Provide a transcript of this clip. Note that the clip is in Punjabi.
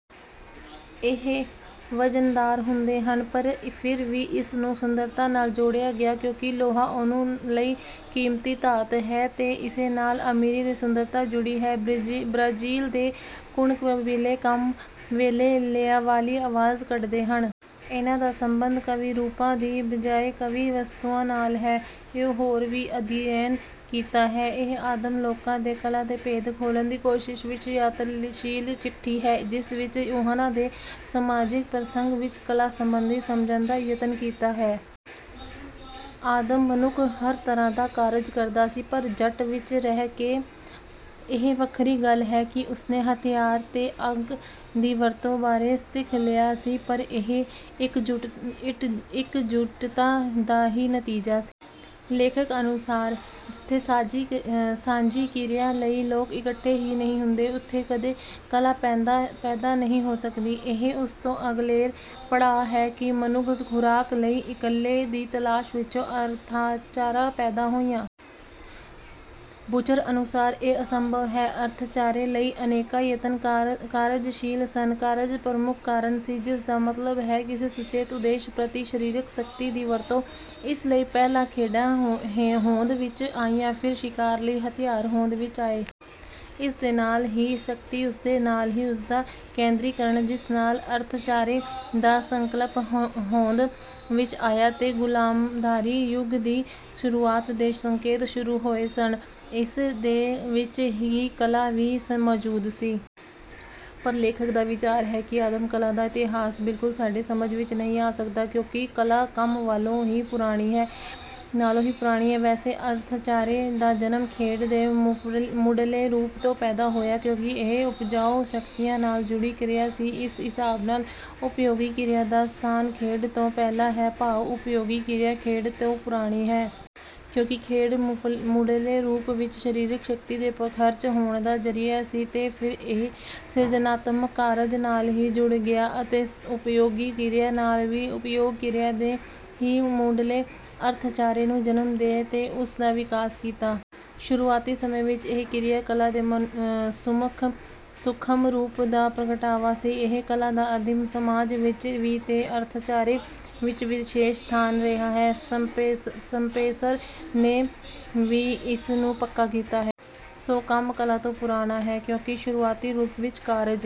ਇਹ ਵਜ਼ਨਦਾਰ ਹੁੰਦੇ ਹਨ ਪਰ ਫਿਰ ਵੀ ਇਸ ਨੂੰ ਸੁੰਦਰਤਾ ਨਾਲ ਜੋੜਿਆ ਗਿਆ ਕਿਉਂਕਿ ਲੋਹਾ ਉਹਨਾਂ ਲਈ ਕੀਮਤੀ ਧਾਤ ਹੈ ਤੇ ਇਸੇ ਨਾਲ ਅਮੀਰੀ ਤੇ ਸੁੰਦਰਤਾ ਜੁੜੀ ਹੈ। ਬ੍ਰਾਜ਼ੀਲ ਦੇ ਕੁਣ ਕਬੀਲੇ ਵੀ ਕੰਮ ਵੇਲੇ ਲੈਅਵਾਲੀ ਆਵਾਜ਼ ਕੱਢਦੇ ਹਨ। ਇਹਨਾਂ ਦਾ ਸੰਬੰਧ ਕਾਵਿ ਰੂਪਾਂ ਦੀ ਬਜਾਏ ਕਾਵਿ ਵਸਤੂਆਂ ਨਾਲ ਹੈ। ਇਉਂ ਹੋਰ ਵੀ ਅਧਿਐਨ ਕੀਤਾ ਹੈ। ਇਹ ਆਦਮ ਲੋਕਾਂ ਦੀ ਕਲਾ ਦੇ ਭੇਤ ਖੋਲਣ ਦੀ ਕੋਸ਼ਿਸ਼ ਵਿੱਚ ਯਤਨਸ਼ੀਲ ਚਿੱਠੀ ਹੈ। ਜਿਸ ਵਿੱਚ ਉਹਨਾਂ ਦੇ ਸਮਾਜਿਕ ਪ੍ਰਸੰਗਾਂ ਵਿੱਚ ਕਲਾ ਸੰਬੰਧੀ ਸਮਝਣ ਦਾ ਯਤਨ ਕੀਤਾ ਹੈ। ਆਦਿਮ ਮਨੁੱਖ ਹਰ ਤਰ੍ਹਾਂ ਦਾ ਕਾਰਜ ਕਰਦਾ ਸੀ ਪਰ ਜੱਟ ਵਿੱਚ ਰਹਿ ਕੇ। ਇਹ ਵੱਖਰੀ ਗੱਲ ਹੈ ਕਿ ਉਸਨੇ ਹਥਿਆਰ ਤੇ ਅੱਗ ਦੀ ਵਰਤੋਂ ਬਾਰੇ ਸਿੱਖ ਲਿਆ ਸੀ ਪਰ ਇਹ ਇਕਜੁਟ ਇਕਜੁੱਟਤਾ ਦਾ ਹੀ ਨਤੀਜਾ ਸੀ। ਲੇਖਕ ਅਨੁਸਾਰ ਜਿੱਥੇ ਸਾਂਝੀ ਕਿਰਿਆ ਲਈ ਲੋਕ ਇਕੱਠੇ ਹੀ ਨਹੀਂ ਹੁੰਦੇ ਉੱਥੇ ਕਦੇ ਕਲਾ ਪੈਦਾ ਨਹੀਂ ਹੋ ਸਕਦੀ। ਇਹ ਉਸ ਤੋਂ ਅਗਲੇਰੇ ਪੜਾਅ ਹੈ ਕਿ ਮਨੁੱਖ ਖੁਰਾਕ ਲਈ ਇਕੱਲੇ ਦੀ ਤਲਾਸ਼ ਵਿੱਚੋਂ ਅਰਥਚਾਰਾ ਪੈਦਾ ਹੋਇਆ। ਬੂਚਰ ਅਨੁਸਾਰ ਇਹ ਅਸੰਭਵ ਹੈ। ਅਰਥਚਾਰੇ ਲਈ ਅਨੇਕਾਂ ਯਤਨ ਕਾਰ ਕਾਰਜਸ਼ੀਲ ਸਨ। ਕਾਰਜ ਪ੍ਰਮੁੱਖ ਕਾਰਨ ਸੀ ਜਿਸ ਦਾ ਮਤਲਬ ਹੈ ਕਿਸੇ ਸੁਚੇਤ ਉਦੇਸ਼ ਪ੍ਰਤੀ ਸਰੀਰਕ ਸ਼ਕਤੀ ਦੀ ਵਰਤੋਂ। ਇਸ ਲਈ ਪਹਿਲਾਂ ਖੇਡਾਂ ਹੇਂ ਹੋਂਦ ਵਿੱਚ ਆਈਆਂ ਫਿਰ ਸ਼ਿਕਾਰ ਲਈ ਹਥਿਆਰ ਹੋਂਦ ਵਿੱਚ ਆਏ। ਇਸ ਦੇ ਨਾਲ ਹੀ ਸ਼ਕਤੀ ਉਸਦੇ ਨਾਲ ਹੀ ਉਸਦਾ ਕੇਂਦਰੀਕਰਨ ਜਿਸ ਨਾਲ ਅਰਥਚਾਰੇ ਦਾ ਸੰਕਲਪ ਹੋਂਦ ਵਿੱਚ ਆਇਆ ਤੇ ਗੁਲਾਮਦਾਰੀ ਯੁੱਗ ਦੀ ਸ਼ੁਰੂਆਤ ਦੇ ਸੰਕੇਤ ਸ਼ੁਰੂ ਹੋ ਗਏ ਸਨ। ਇਸ ਦੇ ਵਿੱਚ ਹੀ ਕਲਾ ਵੀ ਮੌਜੂਦ ਸੀ। ਪਰ ਲੇਖਕ ਦਾ ਵਿਚਾਰ ਹੈ ਕਿ ਆਦਿਮ ਕਲਾ ਦਾ ਇਤਿਹਾਸ ਬਿਲਕੁਲ ਸਾਡੇ ਸਮਝ ਵਿੱਚ ਨਹੀਂ ਆ ਸਕਦਾ ਕਿਉਂਕਿ ਕਲਾ ਕੰਮ ਨਾਲੋਂ ਵੀ ਪੁਰਾਣੀ ਹੈ। ਨਾਲੋ ਵੀ ਪਰਾਣੀ ਵੈਸੇ ਅਰਥਚਾਰੇ ਦਾ ਜਨਮ ਖੇਡ ਦੇ ਮੁੱਢਲੇ ਰੂਪ ਤੋਂ ਪੈਦਾ ਹੋਇਆ ਕਿਉਂਕਿ ਇਹ ਉਪਜਾਊ ਸ਼ਕਤੀਆਂ ਨਾਲ ਜੁੜੀ ਕਿਰਿਆ ਸੀ ਇਸ ਹਿਸਾਬ ਨਾਲ ਉਪਯੋਗੀ ਕਿਰਿਆ ਦਾ ਸਥਾਨ ਖੇਡ ਤੋਂ ਪਹਿਲਾ ਹੈ ਭਾਵ ਉਪਯੋਗੀ ਕਿਰਿਆ ਖੇਡ ਤੋਂ ਪੁਰਾਣੀ ਹੈ। ਕਿਉਂਕਿ ਖੇਡ ਮੁੱਢਲੇ ਰੂਪ ਵਿੱਚ ਸਰੀਰਕ ਸ਼ਕਤੀ ਦੇ ਖਰਚ ਹੋਣ ਦਾ ਜ਼ਰੀਆ ਸੀ ਤੇ ਫਿਰ ਇਹ ਸਿਰਜਨਾਤਮਕ ਕਾਰਜ ਨਾਲ ਵੀ ਜੁੜ ਗਿਆ ਅਤੇ ਉਪਯੋਗੀ ਕਿਰਿਆ ਨਾਲ ਵੀ। ਉਪਯੋਗ ਕਿਰਿਆ ਨੇ ਹੀ ਮੁੱਢਲੇ ਅਰਥਚਾਰੇ ਨੂੰ ਜਨਮ ਦੇ ਕੇ ਉਸ ਦਾ ਵਿਕਾਸ ਕੀਤਾ। ਸ਼ੁਰੂਆਤੀ ਸਮੇਂ ਵਿੱਚ ਇਹ ਕਿਰਿਆ ਕਲਾ ਦੇ ਸੂਖਮ ਰੂਪ ਦਾ ਪ੍ਰਗਟਾਵਾ ਸੀ ਇਉਂ ਕਲਾ ਦਾ ਆਦਿਮ ਸਮਾਜ ਵਿੱਚ ਵੀ ਤੇ ਅਰਥਚਾਰੇ ਵਿੱਚ ਵੀ ਵਿਸ਼ੇਸ਼ ਸਥਾਨ ਰਿਹਾ ਹੈ। ਸਪੈਂਸਰ ਨੇ ਵੀ ਇਸ ਨੂੰ ਪੱਕਾ ਕੀਤਾ ਹੈ। ਸੋ ਕੰਮ ਕਲਾ ਤੋਂ ਪੁਰਾਣਾ ਹੈ ਕਿਉਂਕਿ ਸ਼ੁਰੂਆਤੀ ਰੂਪ ਵਿੱਚ ਕਾਰਜ।